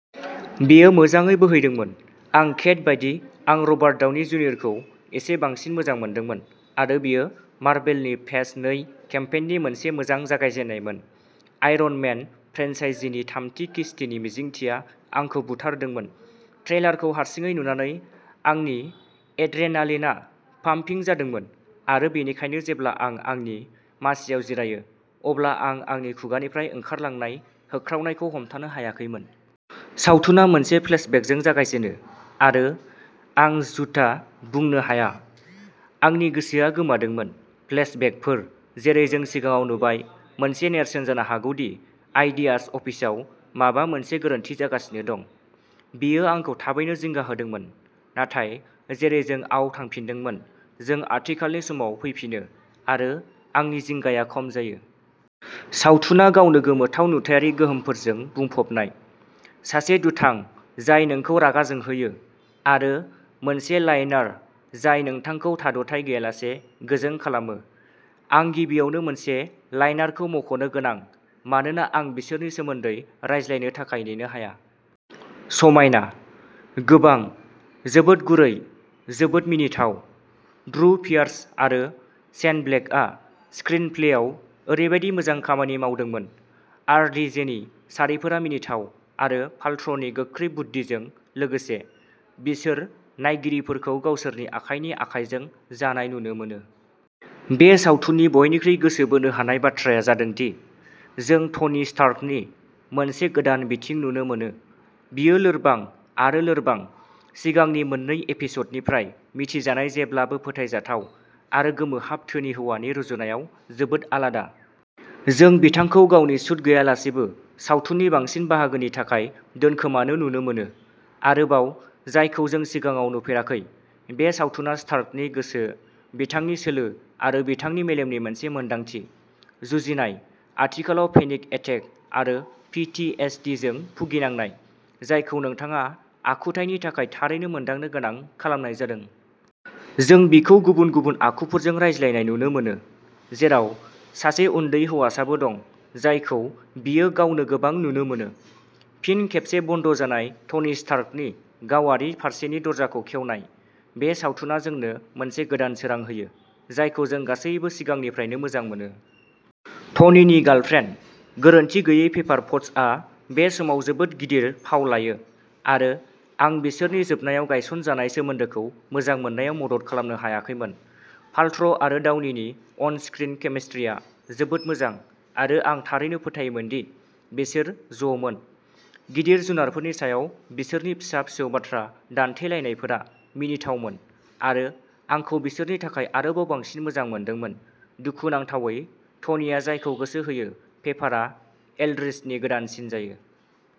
बेयो मोजाङै बोहैदोंमोन। आं केट बायदि आं रबार्ट डाउनि जुनियरखौ एसे बांसिन मोजां मोनदोंमोन आरो बेयो मारभेलनि फेज नै केम्पेइननि मोनसे मोजां जागायजेन्नायमोन। आयरन मेन फ्रेन्चाइजीनि थामथि किस्तिनि मिजिंथिया आंखौ बुथारदोंमोन, ट्रेलारखौ हारसिङै नुनानै आंनि एड्रेनालिनआ पाम्पिं जादोंमोन, आरो बेनिखायनो जेब्ला आं आंनि मासिआव जिरायो, अब्ला आं आंनि खुगानिफ्राय ओंखारलांनाय होख्रावनायखौ हमथानो हायाखैमोन। सावथुना मोनसे फ्लेशबेकजों जागायजेनो आरो आं झूथा बुंनो हाया, आंनि गोसोआ गोमादोंमोन। फ्लेशबेकफोर, जेरै जों सिगाङाव नुबाय, मोनसे नेरसोन जानो हागौ दि आइडियाज अफिसआव माबा मोनसे गोरोन्थि जागासिनो दं। बेयो आंखौ थाबैनो जिंगा होदोंमोन नाथाय जेरै जों आव थांफिनदोंमोन, जों आथिखालनि समाव फैफिनो आरो आंनि जिंगाया खम जायो। सावथुना गावनो गोमोथाव नुथायारि गोहोमफोरजों बुंफबनाय, सासे दुथां जाय नोंखौ रागा जोंहोयो आरो मोनसे लाइनार जाय नोंथांखौ थाद'थाय गैयालासे गोजों खालामो। आं गिबियावनो मोनसे लाइनारखौ मख'नो गोनां मानोना आं बिसोरनि सोमोन्दै रायज्लायनो थाखाय नेनो हाया। समायना। गोबां, जोबोद गुरै, जोबोद मिनिथाव। ड्रु पियार्स आरो शेन ब्लेकआ स्क्रिन प्लेआव ओरैबायदि मोजां खामानि मावदोंमोन, आरडिजेनि सारिफोरा मिनिथाव, आरो पाल्ट्र'नि गोख्रै बुद्दिजों लोगोसे, बिसोर नायगिरिफोरखौ गावसोरनि आखाइनि आखाइजों जानाय नुनो मोनो।। बे सावथुननि बयनिख्रुइ गोसो बोनो हानाय बाथ्राया जादों दि जों टनि स्टार्कनि मोनसे गोदान बिथिं नुनो मोनो, बियो लोरबां आरो लोरबां; सिगांनि मोन्नै एपिस'डनिफ्राय मिथिजानाय जेब्लाबो फोथायजाथाव आरो गोमोहाब धोनि हौवानि रुजुनायाव जोबोद आलादा। जों बिथांखौ गावनि सुट गैयालासेबो सावथुननि बांसिन बाहागोनि थाखाय दोनखोमानो नुनो मोनो, आरोबाव जायखौ जों सिगाङाव नुफेराखै। बे सावथुना स्टार्कनि गोसो, बिथांनि सोलो आरो बिथांनि मेलेमनि मोनसे मोनदांथि। जुजिनाय; आथिखालाव पेनिक एटेक आरो पि थि इस दि जों भुगिनांनाय, जायखौ नोंथाङा आखुथायनि थाखाय थारैनो मोनदांनो गोनां खालामनाय जादों। जों बिखौ गुबुन गुबुन आखुफोरजों रायज्लायनाय नुनो मोनो, जेराव सासे उन्दै हौवासाबो दं-जायखौ बियो गावनो गोबां नुनो मोनो; फिन खेबसे बन्द जानाय टनि स्टार्कनि गावारि फारसेनि दरजाखौ खेवनाय। बे सावथुना जोंनो मोनसे गोदान सोरां होयो, जायखौ जों गासैबो सिगांनिफ्रायनो मोजां मोनो। टनिनि गार्लफ्रेन्ड, गोरोनथि गैयै पेपार पट्स आ बे समाव जोबोद गिदिर फाव लायो आरो आं बिसोरनि जोबनायाव गायसनजानाय सोमोन्दोखौ मोजां मोननायाव मदद खालामनो हायाखैमोन। पाल्ट्र'आरो डाउनिनि अन स्क्रिन केमिस्ट्रिया जोबोद मोजां आरो आं थारैनो फोथायोमोन दि बिसोर ज'मोन; गिदिर जुनारफोरनि सायाव बिसोरनि फिसा-फिसौ बाथ्रा दान्थेलायनायफोरा मिनिथावमोन आरो आंखौ बिसोरनि थाखाय आरोबाव बांसिन मोजां मोनदोंमोन। दुखुनांथावै, टनिआ जायखौ गोसो होयो, पेपारआ एल्ड्रिचनि गोदानसिन जायो।